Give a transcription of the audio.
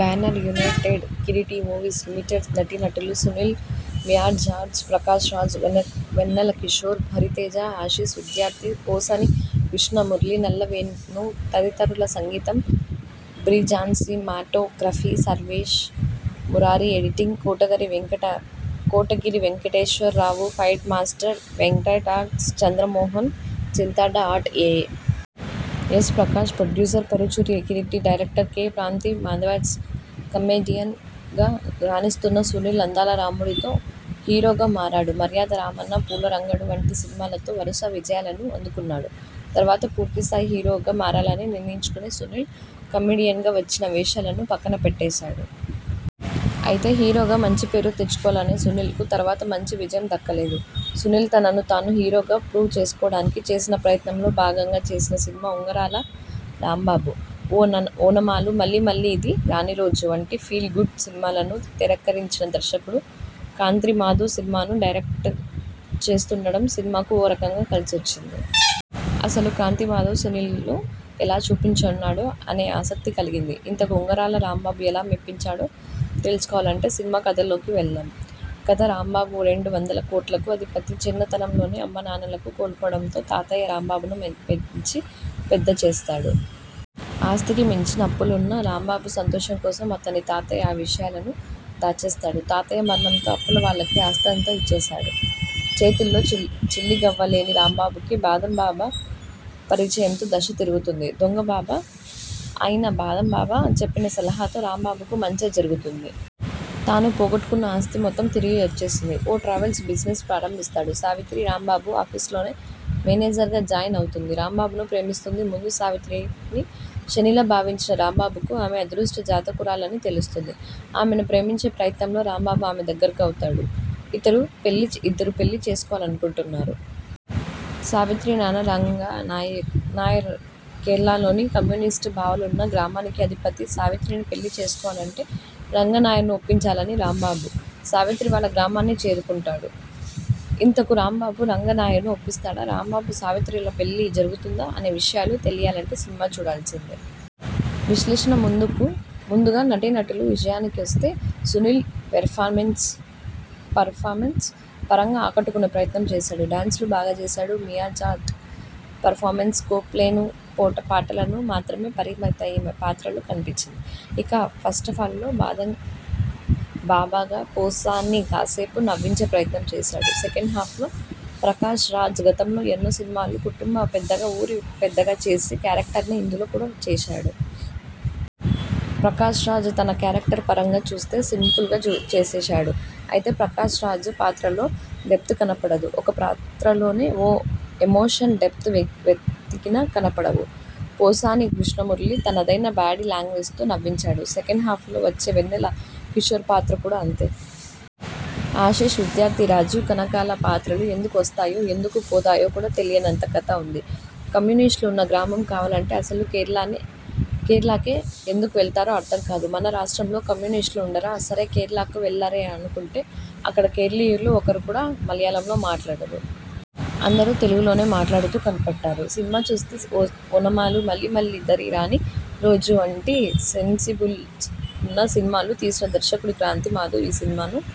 Banner United Kireeti Movies Limited నటీనటులు సునీల్, మియాజార్జ్, ప్రకాష్ రాజ్, వెన్నెలకిషోర్, హరితేజ, ఆశిష్ విద్యార్థి, పోసాని కృష్ణమురళి, నల్ల వేణు తదితరులు సంగీతం Ghibran cinematography Sarvesh Murari editing Kotagiri Venkateswara Rao fight master Venkat dialogues Chandra Mohan Chintada art A. S. Prakash producer Paruchuri Kireeti director K. Kranthi Madhav star కమెడియన్గా రాణిస్తున్న సునీల్ అందాల రాముడుతో హీరోగా మారాడు. మర్యాదరామన్న, పూలరంగడు వంటి సినిమాలతో వరుస విజయాలను అందుకున్నాడు. తర్వాత పూర్తిస్థాయి హీరోగా మారాలని నిర్ణయించుకుని సునీల్ కమెడియన్గా వచ్చిన వేషాలను పక్కన పెట్టేశాడు. అయితే హీరోగా మంచి పేరు తెచ్చుకోవాలనే సునీల్కు తర్వాత మంచి విజయం దక్కలేదు. సునీల్ తనను తాను హీరోగా ప్రూవ్ చేసుకోవడానికి చేసిన ప్రయత్నంలో భాగంగా చేసిన సినిమా ఉంగరాల రాంబాబు. ఓనమాలు, మళ్ళీ మళ్ళీ ఇది రానిరోజు వంటి ఫీల్ గుడ్ సినిమాలను తెరకెక్కించిన దర్శకుడు క్రాంతిమాధవ్ సినిమాను డైరెక్ట్ చేస్తుండటం, సినిమాకు ఓ రకంగా కలిసొచ్చింది. అసలు క్రాంతి మాధవ్ సునీల్ను ఎలా చూపించనున్నాడో అనే ఆసక్తి కలిగింది. ఇంతకు ఉంగరాల రాంబాబు ఎలా మెప్పించాడో తెలుసుకోవాలంటే సినిమా కథలోకి వెళదాం. కథ రాంబాబు రెండు వందల కోట్లకు అధిపతి. చిన్న తనంలోనే అమ్మనాన్నలను కోల్పోవడంతో తాతయ్య రాంబాబును పెంచి పెద్ద చేస్తాడు. ఆస్థికి మించిన అప్పులున్నా రాంబాబు సంతోషం కోసం అతని తాతయ్య ఆ విషయాలను దాచేస్తాడు. తాతయ్య మరణంతో అప్పుల వాళ్లకి ఆస్థినంతా ఇచ్చేస్తాడు. చేతిలో చిల్లిగవ్వ లేని రాంబాబుకి బాదం బాబా పరిచయంతో దశ తిరుగుతుంది. దొంగ బాబా అయిన బాదం బాబా చెప్పిన సలహాతో రాంబాబుకు మంచే జరుగుతుంది. తాను పోగొట్టుకున్న ఆస్థి మొత్తం తిరిగొచ్చేస్తుంది. ఓ ట్రావెల్స్ బిజినెస్ ప్రారంభిస్తాడు. సావిత్రి, రాంబాబు ఆఫీస్లోనే మేనేజర్గా జాయిన్ అవుతుంది. రాంబాబును ప్రేమిస్తుంది. ముందు సావిత్రిని శనిలా భావించిన రాంబాబుకు, ఆమె అదృష్ట జాతకురాలని తెలుస్తుంది. ఆమెను ప్రేమించే ప్రయత్నంలో రాంబాబు ఆమెకు దగ్గరవుతాడు. ఇద్దరూ పెళ్ళి చేసుకోవాలనుకుంటారు. సావిత్రి నాన్న రంగ నాయర్ కేరళలోని కమ్యూనిస్టు భావాలున్న గ్రామానికి అధిపతి. సావిత్రిని పెళ్లి చేసుకోవాలంటే రంగ నాయర్ను ఒప్పించాలని రాంబాబు, సావిత్రి వాళ్ల గ్రామాని చేరుకుంటాడు. ఇంతకు రాంబాబు, రంగ నాయర్ను ఒప్పిస్తాడా? రాంబాబు, సావిత్రిల పెళ్లి జరుగుతుందా? అనే విషయాలు తెలియాలంటే సినిమా చూడాల్సిందే. విశ్లేషణ ముందుగా నటీనటుల విషయానికి వస్తే, సునీల్ పెర్ఫామెన్స్ పరంగా ఆక్టుకునే ప్రయత్నం చేశాడు. డ్యాన్సులు బాగా చేశాడు. మియాజార్జ్ పెర్ఫామెన్స్కు స్కోప్లేని, పాటలకు మాత్రమే పరిమితమయ్యే పాత్రలో కనిపించింది. ఇక ఫస్టాఫ్లో బాదం బాబాగా పోసాని కాసేపు నవ్వించే ప్రయత్నం చేశాడు. సెకండాఫ్లో ప్రకాష్ రాజ్ గతంలో ఎన్నో సినిమాల్లో కుటుంబ పెద్దగా, ఊరి పెద్దగా చేసిన క్యారెక్టర్నే ఇందులో కూడా చేశాడు. ప్రకాష్ రాజ్ తన క్యారెక్టర్ పరంగా చూస్తే సింపుల్గా చేసేశాడు. అయితే ప్రకాష్ రాజ్ పాత్రలో డెప్త్ కనపడదు. ఒక పాత్రలోనూ ఓ ఎమోషన్, డెప్త్ వెతికినా కనపడవు. పోసాని కృష్ణమురళి తనదైన బాడీ లాంగ్వేజ్తో నవ్వించాడు. సెకండాఫ్లో వచ్చే వెన్నెల కిషోర్ పాత్ర కూడా అంతే. ఆశిష్ విద్యార్థి, రాజీవ్ కనకాల పాత్రలు ఎందుకు వస్తాయో, ఎందుకు పోతాయో కూడా తెలియనంత కథ ఉంది. కమ్యూనిస్టులు ఉన్న గ్రామం కావాలంటే అసలు కేరళకే ఎందుకు వెళ్లారో అర్థం కాదు. మన రాష్ట్రంలో కమ్యూనిస్టులు ఉండరా, సరే కేరళలకు వెళ్లారే అనుకుంటే, అక్కడ కేరళీయులు ఒక్కరు కూడా మలయాళంలో మాట్లాడరు. అందరూ తెలుగులోనే మాట్లాడుతూ కనపడ్డారు. సినిమా చూస్తే ఓనమాలు, మళ్ళీ మళ్ళీ ఇదిరాని రోజు వంటి సెన్సిబుల్స్ ఉన్న సినిమాలు తీసిన దర్శకుడు క్రాంతి మాధవ్ ఈ సినిమాను